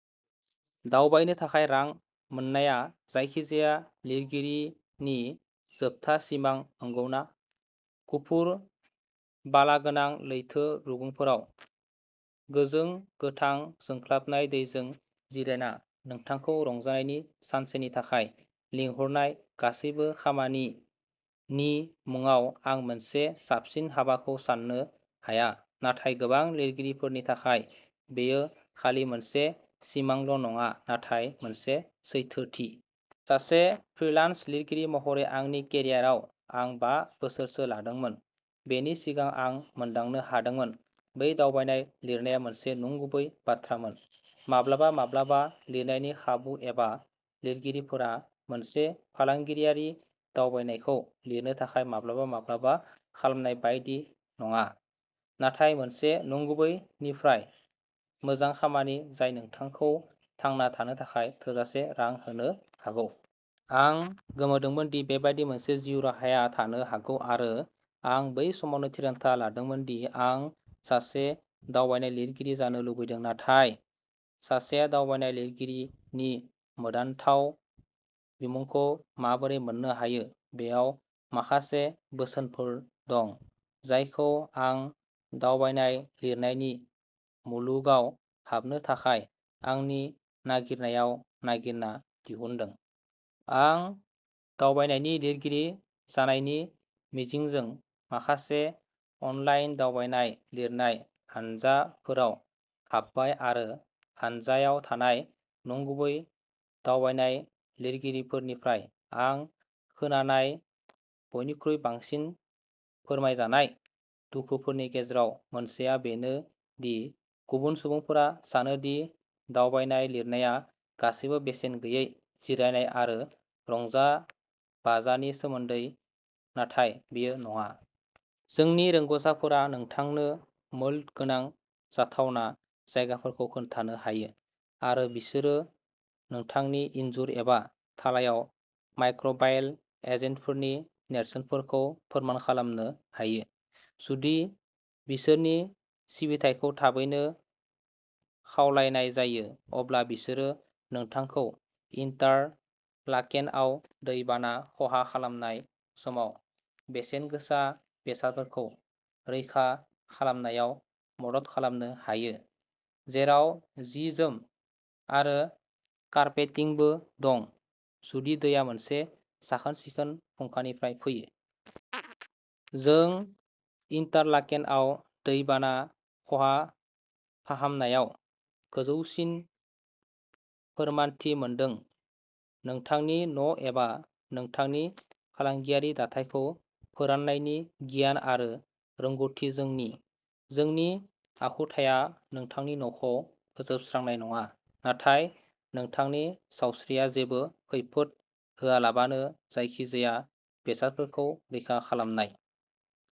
दावबायनो थाखाय रां मोननाया जायखिजाया लिरगिरिनि जोबथा सिमां, नंगौना? गुफुर, बालागोनां लैथो रुगुंफोराव गोजों गोथां जोंख्लाबनाय दैजों जिरायना नोंथांखौ रंजानायनि सानसेनि थाखाय लिंहरनाय, गासैबो "खामानि" नि मुंआव। आं मोनसे साबसिन हाबाखौ सान्नो हाया, नाथाय गोबां लिरगिरिफोरनि थाखाय, बेयो खालि मोनसे सिमांल'नङा, नाथाय मोनसे सैथोथि। सासे फ्रिलान्स लिरगिरि महरै आंनि केरियाराव आं बा बोसोरसो लादोंमोन, बेनि सिगां आं मोनदांनो हादोंमोन। बै दावबायनाय लिरनाया मोनसे नंगुबै बाथ्रामोन। माब्लाबा-माब्लाबा लिरनायनि खाबु एबा लिरगिरिफोरा मोनसे फालांगियारि दावबायनायखौ लिरनो थाखाय माब्लाबा-माब्लाबा खालामनाय बायदि नङा, नाथाय मोनसे नंगुबै-निफ्राय-मोजां खामानि जाय नोंथांखौ थांना थानो थाखाय थोजासे रां होनो हागौ। आं गोमोदोंमोन दि बेबादि मोनसे जिउ राहाया थानो हागौ आरो आं बै समावनो थिरांथा लादोंमोन दि आं सासे दावबायनाय लिरगिरि जानो लुबैदों। नाथाय सासेया "दावबायनाय लिरगिरि" नि मोदानथाव बिमुंखौ माबोरै मोन्नो हायो? बेयाव माखासे बोसोनफोर दं जायखौ आं दावबायनाय लिरनायनि मुलुगाव हाबनो थाखाय आंनि नागिरनायाव नागिरना दिहुनदों। आं दावबायनायनि लिरगिरि जानायनि मिजिंजों माखासे अनलाइन दावबायनाय लिरनाय हानजाफोराव हाबबाय आरो हानजायाव थानाय "नंगुबै" दावबायनाय लिरगिरिफोरनिफ्राय आं खोनानाय बयनिख्रुइ बांसिन फोरमायजानाय दुखुफोरनि गेजेराव मोनसेआ बेनो दि गुबुन सुबुंफोरा सानो दि दावबायनाय लिरनाया गासैबो बेसेन गैयै जिरायनाय आरो रंजाबाजानि सोमोन्दै; नाथाय बेयो नङा। जोंनि रोंग'साफोरा नोंथांनो मोल्ड गोनां जाथावना जायगाफोरखौ खोन्थानो हायो, आरो बिसोरो नोंथांनि इनजुर एबा थालायाव माइक्र'बायेल एजेन्टफोरनि नेरसोनफोरखौ फोरमान खालामनो हायो। जुदि बिसोरनि सिबिथायखौ थाबैनो खावलायनाय जायो, अब्ला बिसोरो नोंथांखौ इन्टारलाकेनआव दै बाना खहा फाहामनाय समाव बेसेनगोसा बेसादफोरखौ रैखा खालामनायाव मदद खालामनो हायो, जेराव जि-जोम आरो कारपेटिंबो दं, जुदि दैया मोनसे साखोन-सिखोन फुंखानिफ्राय फैयो। जों इन्टारलाकेनआव दै बाना खहा फाहामनायाव गोजौसिन फोरमानथि मोनदों। नोंथांनि न'एबा नोंथांनि फालांगियारि दाथायखौ फोराननायनि गियान आरो रोंग'थि जोंनि। जोंनि आखुथाया नोंथांनि न'खौ फोजोबस्रांनाय नङा, नाथाय नोंथांनि सावस्रियाव जेबो खैफोद होआलाबानो जायखिजाया बेसादफोरखौ रैखा खालामनाय।